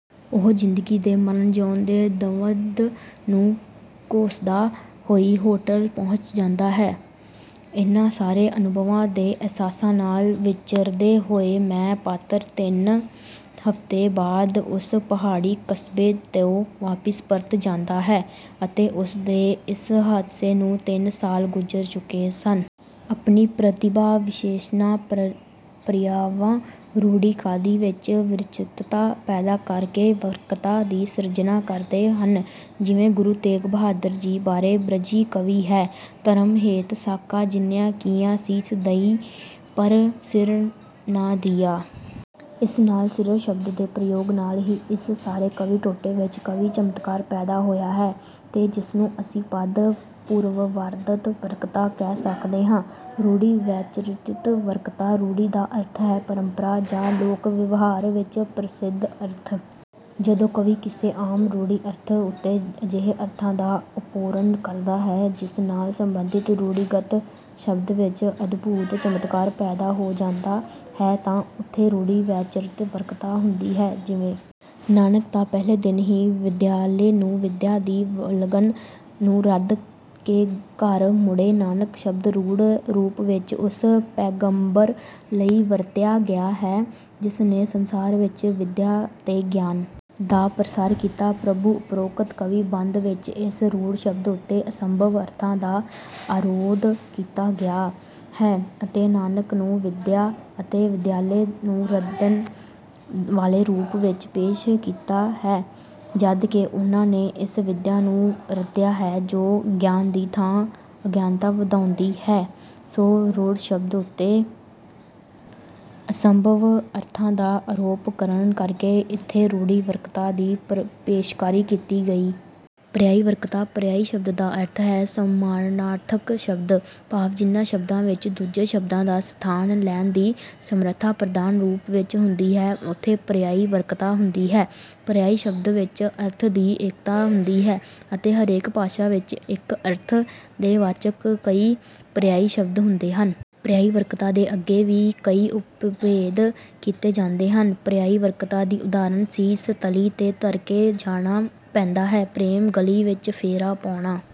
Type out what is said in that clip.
ਉਹ ਜ਼ਿੰਦਗੀ ਦੇ ਮਰਣ-ਜਿਉਣ ਦੇ ਦਵੰਦ ਨੂੰ ਘੋਖਦਾ ਹੋਈ ਹੋਟਲ ਪਹੁੰਚ ਜਾਂਦਾ ਹੈ। ਇਹਨਾਂ ਸਾਰੇ ਅਨੁਭਵਾਂ ਤੇ ਅਹਿਸਾਸਾਂ ਨਾਲ ਵਿਚਰਦੇ ਹੋਏ "ਮੈਂ" ਪਾਤਰ ਤਿੰਨ ਹਫ਼ਤੇ ਬਾਅਦ ਉਸ ਪਹਾੜੀ ਕਸਬੇ ਤੋਂ ਵਾਪਿਸ ਪਰਤ ਜਾਂਦਾ ਹੈ ਅਤੇ ਉਸ ਦੇ ਇਸ ਹਾਦਸੇ ਨੂੰ ਤਿੰਨ ਸਾਲ ਗੁਜਰ ਚੁਕੇ ਸਨ। ਆਪਣੀ ਪ੍ਰਤਿਭਾ ਵਿਸ਼ੇਸਣਾ, ਪਰਿਆਵਾਂ, ਰੂੜੀ ਕਾਦਿ ਵਿੱਚ ਵਿਚਿਤ੍ਰਤਾ ਪੈਦਾ ਕਰਕੇ ਵਕ੍ਰਤਾ ਦੀ ਸਿਰਜਣਾ ਕਰਦੇ ਹਨ। ਜਿਵੇਂ ਗੁਰੂ ਤੇਗ ਬਹਾਦਰ ਜੀ ਬਾਰੇ ਬ੍ਰਜੀ ਕਵੀ ਹੈ- 'ਧਰਮ ਹੇਤ ਸਾਕਾ ਜਿਨਿ ਕੀਆ ਸੀਸ ਦੀਆ ਪਰ ਸਿਰਰ ਨਾ ਦੀਆ'। ਇਸ ਤਰ੍ਹਾਂ 'ਸਿਰਰ' ਸ਼ਬਦ ਦੇ ਪ੍ਰਯੋਗ ਨਾਲ ਹੀ ਇਸ ਸਾਰੇ ਕਾਵੀ ਟੋਟੇ ਵਿੱਚ ਕਾਵਿ ਚਮਤਕਾਰ ਪੈਦਾ ਹੋਇਆ ਹੈ ਤੇ ਜਿਸਨੂੰ ਅਸੀਂ ਪਦ ਪੂਰਵਾਰਧ ਵਕ੍ਰਤਾ ਕਹਿ ਸਕਦੇ ਹਾਂ। ਰੂੜੀ ਵੈਚਿਤ੍ਰ ਵਕ੍ਰਤਾ ਰੂੜੀ ਦਾ ਅਰਥ ਹੈ ਪਰੰਪਰਾ ਜਾਂ 'ਲੋਕ-ਵਿਵਹਾਰ' ਵਿੱਚ ਪ੍ਰਸਿੱਧ ਅਰਥ। ਜਦੋਂ ਕਵੀ ਕਿਸੇ ਆਮ ਰੂੜੀ ਅਰਥ ਉੱਤੇ ਅਜਿਹੇ ਅਰਥਾਂ ਦਾ ਆਰੋਪਣ ਕਰਦਾ ਹੈ, ਜਿਸ ਨਾਲ ਸੰਬੰਧਿਤ ਰੂੜੀਗਤ ਸ਼ਬਦ ਵਿੱਚ ਅਦਭੂਤ ਚਮਤਕਾਰ ਪੈਦਾ ਹੋ ਜਾਂਦਾ ਹੈ ਤਾਂ ਉੱਥੇ ਰੂੜੀ ਵੈਚਿਤ੍ਰ ਵਕ੍ਰਤਾ ਹੁੰਦੀ ਹੈ ਜਿਵੇਂ- "ਨਾਨਕ ਤਾਂ ਪਹਿਲੇ ਦਿਨ ਹੀ ਵਿਦਿਆਲੇ ਨੂੰ ਵਿਦਿਆ ਦੀ ਵਲਗਣ ਨੂੰ ਰੱਦ ਕੇ ਘਰ ਮੁੜੇ" 'ਨਾਨਕ' ਸ਼ਬਦ ਰੂੜ ਰੂਪ ਵਿੱਚ ਉਸ ਪੈਗੰਬਰ ਲਈ ਵਰਤਿਆ ਗਿਆ ਹੈ ਜਿਸ ਨੇ ਸੰਸਾਰ ਵਿੱਚ ਵਿਦਿਆ ਤੇ ਗਿਆਨ ਦਾ ਪ੍ਰਸਾਰ ਕੀਤਾ ਪ੍ਰਭੂ ਉਪਰੋਕਤ ਕਾਵਿ-ਬੰਦ ਵਿੱਚ ਇਸ ਰੂੜ ਸ਼ਬਦ ਉੱਤੇ ਅਸੰਭਵ-ਅਰਥਾਂ ਦਾ ਆਰੋਧ ਕੀਤਾ ਗਿਆ ਹੈ ਅਤੇ 'ਨਾਨਕ' ਨੂੰ ਵਿਦਿਆ ਅਤੇ ਵਿਦਿਆਲੇ ਨੂੰ ਰੱਦਣ ਵਾਲੇ ਰੂਪ ਵਿੱਚ ਪੇਸ਼ ਕੀਤਾ ਹੈ ਜਦ ਕਿ ਉਹਨਾਂ ਨੇ ਇਸ ਵਿਦਿਆ ਨੂੰ ਰੱਦਿਆ ਹੈ ਜੋ ਗਿਆਨ ਦੀ ਥਾਂ ਅਗਿਆਨਤਾ ਵਧਾਉਂਦੀ ਹੈ, ਸੋ ਰੂੜ ਸ਼ਬਦ ਉੱਤੇ ਅਸੰਭਵ ਅਰਥਾਂ ਦਾ ਆਰੋਪ ਕਰਨ ਕਰਕੇ ਇੱਥੇ ਰੂੜੀ ਵਕ੍ਰਤਾ ਦੀ ਪੇਸ਼ਕਾਰੀ ਕੀਤੀ ਗਈ। ਪਰਿਆਇ ਵਕ੍ਰਤਾ ਪਰਿਆਇ ਸ਼ਬਦ ਦਾ ਅਰਥ ਹੈ 'ਸਮਾਨਾਰਥਕ ਸ਼ਬਦ' ਭਾਵ ਜਿਨ੍ਹਾਂ ਸ਼ਬਦਾਂ ਵਿੱਚ ਦੂਜੇ ਸ਼ਬਦਾਂ ਦਾ ਸਥਾਨ ਲੈਣ ਦੀ ਸਮਰਥਾ ਪ੍ਰਧਾਨ ਰੂਪ ਵਿੱਚ ਹੁੰਦੀ ਹੈ, ਉੱਥੇ ਪਰਿਆਇ ਵਕ੍ਰਤਾ ਹੁੰਦੀ ਹੈ। ਪਰਿਆਇ ਸ਼ਬਦਾਂ ਵਿੱਚ ਅਰਥ ਦੀ ਏਕਤਾ ਹੁੰਦੀ ਹੈ ਅਤੇ ਹਰੇਕ ਭਾਸ਼ਾ ਵਿੱਚ ਇਕ ਅਰਥ ਦੇ ਵਾਚਕ ਕਈ ਪਰਿਆਇ ਸ਼ਬਦ ਹੁੰਦੇ ਹਨ। ਪਰਿਆਇ ਵਕ੍ਰਤਾ ਦੇ ਅੱਗੇ ਵੀ ਕਈ ਉਪਭੇਦ ਕੀਤੇ ਜਾਂਦੇ ਹਨ। ਪਰਿਆਇ ਵਕ੍ਰਤਾ ਦੀ ਉਦਾਹਰਣ- "ਸੀਸ ਤਲੀ ਤੇ ਧਰਕੇ ਜਾਣਾ ਪੈਂਦਾ ਹੈ, ਪ੍ਰੇਮ ਗਲੀ ਵਿੱਚ ਫੇਰਾ ਪਾਉਣਾ"